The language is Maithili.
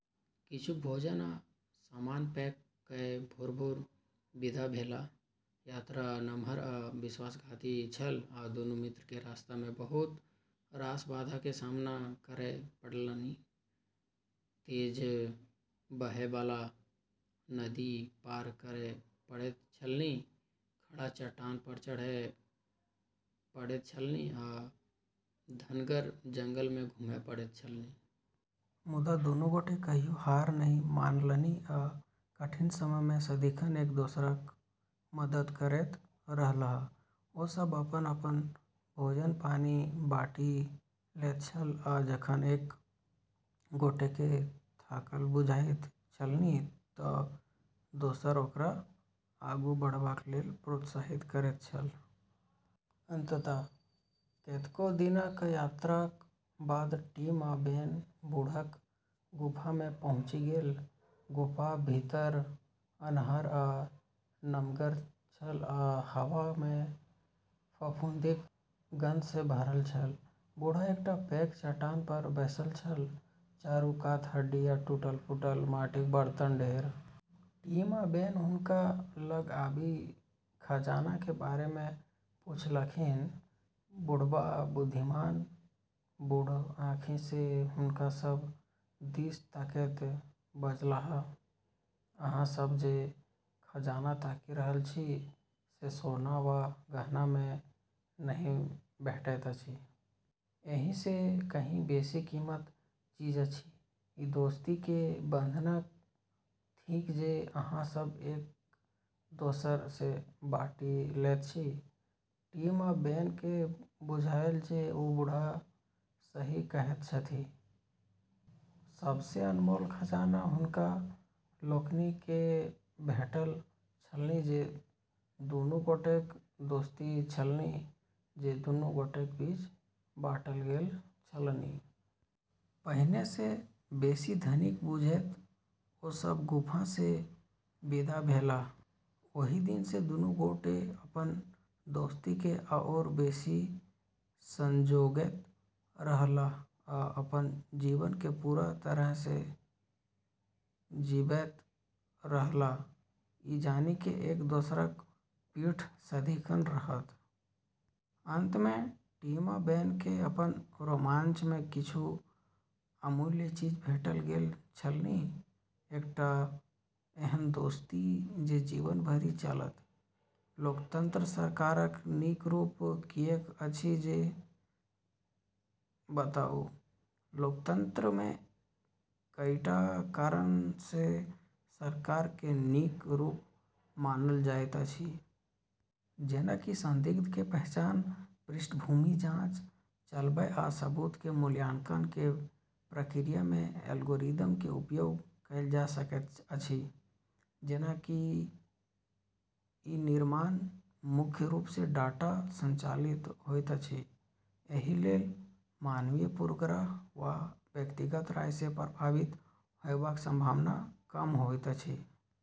किछु भोजन आ सामान पैक कए भोरे-भोर विदा भेलाह। यात्रा नमहर आ विश्वासघाती छल, आ दुनू मित्र के रास्ता मे बहुत रास बाधा के सामना करय पड़लनि। तेज बहय बला नदी पार करय पड़ैत छलनि, खड़ा चट्टान पर चढ़य पड़ैत छलनि आ घनगर जंगल मे घुमय पड़ैत छलनि। मुदा दुनू गोटे कहियो हार नहि मानलनि आ कठिन समय मे सदिखन एक-दोसराक मदद करैत रहलाह। ओ सभ अपन-अपन भोजन-पानि बाँटि लैत छल, आ जखन एक गोटेकेँ थाकल बुझाइत छलनि तँ दोसर ओकरा आगू बढ़बाक लेल प्रोत्साहित करैत छल। अंततः कतेको दिनक यात्राक बाद टिम आ बेन बूढ़क गुफा मे पहुँचि गेल। गुफाक भीतर अन्हार आ नमगर छल आ हवा मे फफूंदीक गंध सँ भरल छल। बूढ़ एकटा पैघ चट्टान पर बैसल छल, चारू कात हड्डी आ टूटल-फूटल माटिक बर्तनक ढेर। टिम आ बेन हुनका लग आबि खजाना के बारे मे पूछलखिन। बुढ़बा बुद्धिमान, बूढ़ आँखि सँ हुनका सभ दिस तकैत बजलाह, "अहाँ सभ जे खजाना ताकि रहल छी से सोना वा गहना मे नहि भेटैत अछि। एहि सँ कहीं बेसी कीमती चीज अछि। ई दोस्ती के बंधन थिक जे अहाँ सभ एक-दोसर सँ बाँटि लैत छी।" टिम आ बेन केँ बुझायल जे ओ बुढ़ा सही कहैत छथि। सबसँ अनमोल खजाना हुनका लोकनि केँ भेटल छलनि जे दुनू गोटेक दोस्ती छलनि जे दुनू गोटेक बीच बाँटल गेल छलनि। पहिनेसँ बेसी धनिक बुझैत ओ सभ गुफासँ विदा भेलाह। ओहि दिन सँ दुनू गोटे अपन दोस्ती केँ आओर बेसी संजोगैत रहलाह आ अपन जीवन केँ पूरा तरहेँ जीबैत रहलाह, ई जानि जे एक-दोसरक पीठ सदिखन रहत। अंत मे टिम आ बेन केँ अपन रोमांच मे किछु अमूल्य चीज भेटि गेल छलनि: एकटा एहन दोस्ती जे जीवन भरि चलत। लोकतंत्र सरकारक नीक रूप किएक अछि से बताउ। लोकतंत्र कें कईटा कारण सँ सरकार क नीक रूप मानल जाइत अछि। जेना कि संदिग्ध के पहचान, पृष्ठभूमि जाँच चलबय वा सबूत के मूल्यांकन के प्रक्रिया मे एल्गोरिदम के उपयोग कएल जा सकैत अछि। जेना कि ई निर्णय मुख्य रूप सँ डाटा संचालित होइत अछि, एहि लेल मानवीय पूर्वाग्रह वा व्यक्तिगत राय सँ प्रभावित होयबाक संभावना कम होइत अछि।